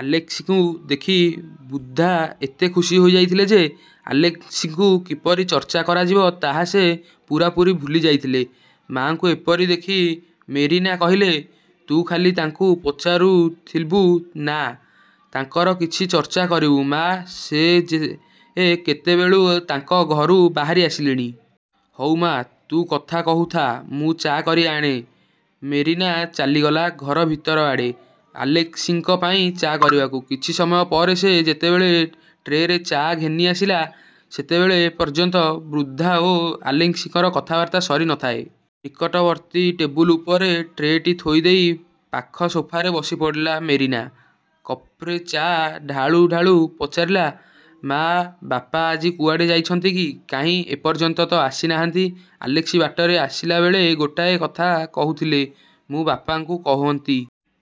ଆଲେସ୍କିଙ୍କୁ ଦେଖି ବୃଦ୍ଧା ଏତେ ଖୁସି ହୋଇଯାଇଥିଲେ ଯେ, ଆଲେସ୍କିଙ୍କୁ କିପରି ଚର୍ଚ୍ଚା କରାଯିବ, ତାହା ସେ ପୂରାପୂରି ଭୁଲି ଯାଇଥିଲେ-। ମା'ଙ୍କୁ ଏପରି ଦେଖି ମେରିନା କହିଲା, ''ତୁ ଖାଲି ତାଙ୍କୁ ପଚାରୁଥିବୁ ନା' ତାଙ୍କର କିଛି ଚର୍ଚ୍ଚା କରିବୁ ମା! ସେ ଯେ କେତେବେଳୁ ତାଙ୍କ ଘରୁ ବାହାରି ଆସିଲେଣି। ହଉ ମା, ତୁ କଥା କହୁଥା, ମୁଁ ଚା' କରି ଆଣେ। '' ମେରିନା ଚାଲିଗଲା ଘର ଭିତରଆଡ଼େ ଆଲେସ୍କିଙ୍କ ପାଇଁ ଚା' କରିବାକୁ। କିଛି ସମୟ ପରେ ସେ ଯେତେବେଳେ ଟ୍ରେରେ ଚା' ଘେନିଆସିଲା, ସେତେବେଳ ପର୍ଯ୍ୟନ୍ତ ବୃଦ୍ଧା ଓ ଆଲେସ୍କିଙ୍କର କଥାବାର୍ତ୍ତା ସରି ନ ଥାଏ। ନିକଟବର୍ତ୍ତୀ ଟେବୁଲ ଉପରେ ଟ୍ରେ'ଟି ଥୋଇଦେଇ ପାଖ ସୋଫାରେ ବସିପଡ଼ିଲା ମେରିନା। କପ୍ରେ ଚା' ଢାଳୁ ଢାଳୁ ପଚାରିଲା, ''ମା, ବାପା ଆଜି କୁଆଡ଼େ ଯାଇଛନ୍ତି କି? କାହିଁ ଏପର୍ଯ୍ୟନ୍ତ ତ ଆସି ନାହାନ୍ତି। ଆଲେସ୍କି ବାଟରେ ଆସିଲାବେଳେ ଗୋଟାଏ କଥା କହୁଥିଲେ, ମୁଁ ବାପାଙ୍କୁ କୁହନ୍ତି।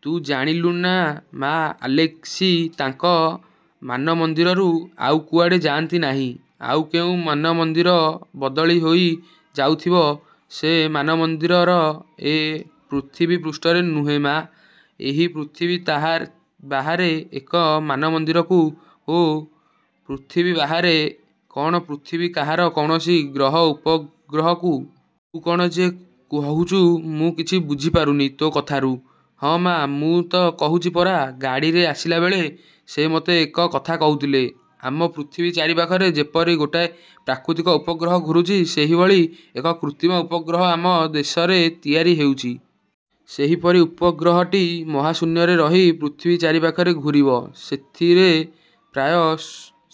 ତୁ ଜାଣିଲୁଣିନା ମା, ଆଲେସ୍କି ତାଙ୍କ ମାନମନ୍ଦିରରୁ ଆଉ କୁଆଡ଼େ ଚାଲିଯାଉଛନ୍ତି। '' ''ଆଉ କେଉଁ ମାନମନ୍ଦିରକୁ ବଦଳି ହୋଇ ଯାଉଥିବ। '' ''ସେ ମାନମନ୍ଦିର ଏ ପୃଥିବୀପୃଷ୍ଠରେ ନୁହେଁ ମା! ଏହି ପୃଥିବୀ ବାହାରେ ଏକ ମାନମନ୍ଦିରକୁ। '' ''ଏଁ! ପୃଥିବୀ ବାହାରେ-? କ'ଣ ପୃଥିବୀ ବାହାରେ କୌଣସି ଗ୍ରହ, ଉପଗ୍ରହକୁ-? ତୁ କଣ ଯେ କହୁଚୁ, ମୁଁ କିଛି ବୁଝିପାରୁନି ତୋ' କଥାରୁ। '' ''ହଁ ମା, ମୁଁ ସତ କହୁଚି ପରା! ଗାଡ଼ିରେ ଆସିଲାବେଳେ ସେ ମୋତେ ଏ କଥା କହୁଥିଲେ। ଆମ ପୃଥିବୀ ଚାରିପାଖରେ ଯେପରି ଗୋଟାଏ ପ୍ରାକୃତିକ ଉପଗ୍ରହ ଘୂରୁଛି, ସେହିଭଳି ଏକ କୃତ୍ରିମ ଉପଗ୍ରହ ଆମ ଦେଶରେ ତିଆରି ହେଇଚି। ସେହି ଉପଗ୍ରହଟି ମହାଶୂନ୍ୟରେ ରହି ପୃଥିବୀ ଚାରିପାଖରେ ଘୂରିବ। ସେଥିରେ ପ୍ରାୟ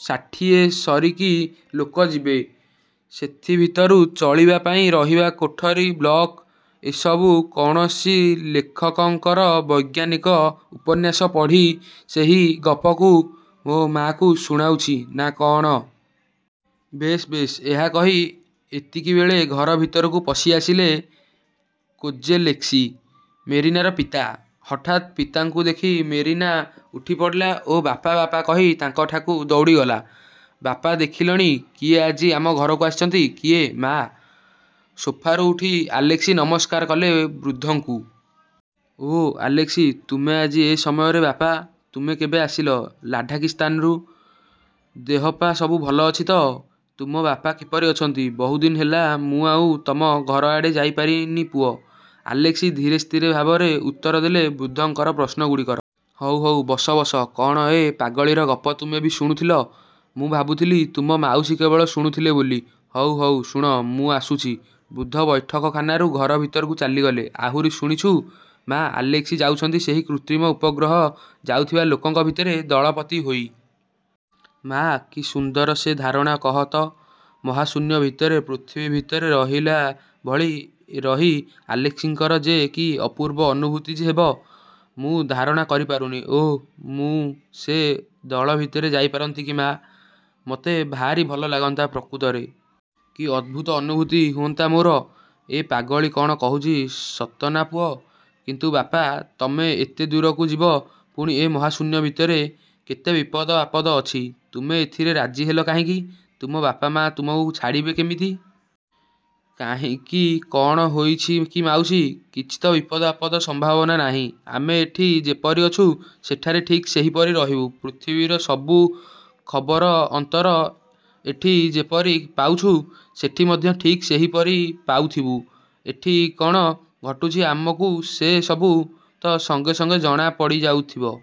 ଷାଠିଏ ସରିକି ଲୋକ ଯିବେ। ସେଥିଭିତରେ ଚଳିବା ପାଇଁ ରହିବା କୋଠରି, କ୍ଲବ... '' ''ଏସବୁ କୌଣସି ଲେଖକଙ୍କର ବୈଜ୍ଞାନିକ ଉପନ୍ୟାସ ପଢ଼ି ସେହି ଗପକୁ ତୋ ମା'କୁ ଶୁଣାଉଛୁ ନା କଅଣ? ବେଶ୍ ବେଶ୍-'' ଏହା କହି ଏତିକିବେଳେ ଘର ଭିତରକୁ ପଶିଆସିଲେ କୋଜେଲେସ୍କି, ମେରିନାର ପିତା। ହଠାତ୍ ପିତାଙ୍କୁ ଦେଖି ମେରିନା ଉଠିପଡ଼ିଲା ଓ ବାପା, ବାପା କହି ତାଙ୍କଠାକୁ ଦୌଡ଼ିଗଲା-। ''ବାପା ଦେଖିଲଣି, କିଏ ଆଜି ଆମ ଘରକୁ ଆସିଛନ୍ତି। '' ''କିଏ, ମା? '' ସୋଫାରୁ ଉଠି ଆଲେସ୍କି ନମସ୍କାର କଲେ ବୃଦ୍ଧଙ୍କୁ! ''ଓଃ ଆଲେସ୍କି! ତୁମେ ଆଜି ଏ ସମୟରେ ବାପା! ତୁମେ କେବେ ଆସିଲ ଲାଢ଼ାକିସ୍ଥାନରୁ? ଦେହପା, ସବୁ ଭଲ ଅଛି ତ? ତୁମ ବାପା କିପରି ଅଛନ୍ତି? ବହୁଦିନ ହେଲା ମୁଁ ଆଉ ତମ ଘରଆଡ଼େ ଯାଇପାରିନି ପୁଅ! '' ଆଲେସ୍କି ଧୀର ସ୍ଥିର ଭାବରେ ଉତ୍ତର ଦେଲେ ବୃଦ୍ଧଙ୍କର ପ୍ରଶ୍ନଗୁଡ଼ିକର। ''ହଉ ହଉ, ବସ ବସ! କ'ଣ ଏ ପାଗଳୀର ଗପ ତୁମେ ବି ଶୁଣୁଥିଲ? ମୁଁ ଭାବୁଥିଲି ତୁମ ମାଉସୀ କେବଳ ଶୁଣୁଥିଲେ ବୋଲି। ହଉ ହଉ ଶୁଣ, ମୁଁ ଆସୁଛି। '' ବୃଦ୍ଧ ବୈଠକଖାନାରୁ ଘର। ଭିତରକୁ ଚାଲିଗଲେ। ''ଆହୁରି ଶୁଣିଛୁ ମା, ଆଲେସ୍କି ଯାଉଛନ୍ତି ସେହି କୃତ୍ରିମ ଉପଗ୍ରହରେ ଯାଉଥିବା ଲୋକଙ୍କ ଭିତରେ ଦଳପତି ହୋଇ। ମା, କି ସୁନ୍ଦର ସେ ଧାରଣା କହତ? ମହାଶୂନ୍ୟ ଭିତରେ, ପୃଥିବୀ ଭିତରେ ରହିଲା ଭଳି ରହି ଆଲେସ୍କିଙ୍କର ଯେ କି ଅପୂର୍ବ ଅନୁଭୂତି ହେବ, ମୁଁ ଧାରଣା କରିପାରୁନି। ଓଃ, ମୁଁ ସେ ଦଳ ଭିତରେ ଯାଇପାରନ୍ତି କି ମା! ମୋତେ ଭାରି ଭଲ ଲାଗନ୍ତା ପ୍ରକୃତରେ। କି ଅଦ୍ଭୁତ ଅନୁଭୂତି ହୁଅନ୍ତା ମୋର! '' ''ଏ ପାଗଳୀ କଣ କହୁଛି, ସତ ନା ପୁଅ? କିନ୍ତୁ ବାପା, ତମେ ଏତେ ଦୂରକୁ ଯିବ, ପୁଣି ଏ ମହାଶୂନ୍ୟ ଭିତରେ! କେତେ ବିପଦ-ଆପଦ ଅଛି। ତୁମେ ଏଥିରେ ରାଜି ହେଲ କାହିଁକି? ତୁମ ବାପା ମା ତୁମକୁ ଛାଡ଼ିବେ କେମିତି? '' ''କାହିଁକି, କ'ଣ ହୋଇଛି କି ମାଉସୀ? କିଛି ତ ବିପଦ-ଆପଦର ସମ୍ଭାବନା ନାହିଁ। ଆମେ ଏଠି ଯେପରି ଅଛୁଁ, ସେଠାରେ ଠିକ୍ ସେହିପରି ରହିବୁ। ପୃଥିବୀର ସବୁ ଖବରଅନ୍ତର ଏଠି ଯେପରି ପାଉଛୁ, ସେଠି ମଧ୍ୟ ଠିକ୍ ସେହିପରି ପାଉଥିବୁ। ଏଠି କ'ଣ ଘଟୁଛି ଆମକୁ ସେ ସବୁ ତ ସଙ୍ଗେ ସଙ୍ଗେ ଜଣାପଡ଼ିଯାଉଥିବ।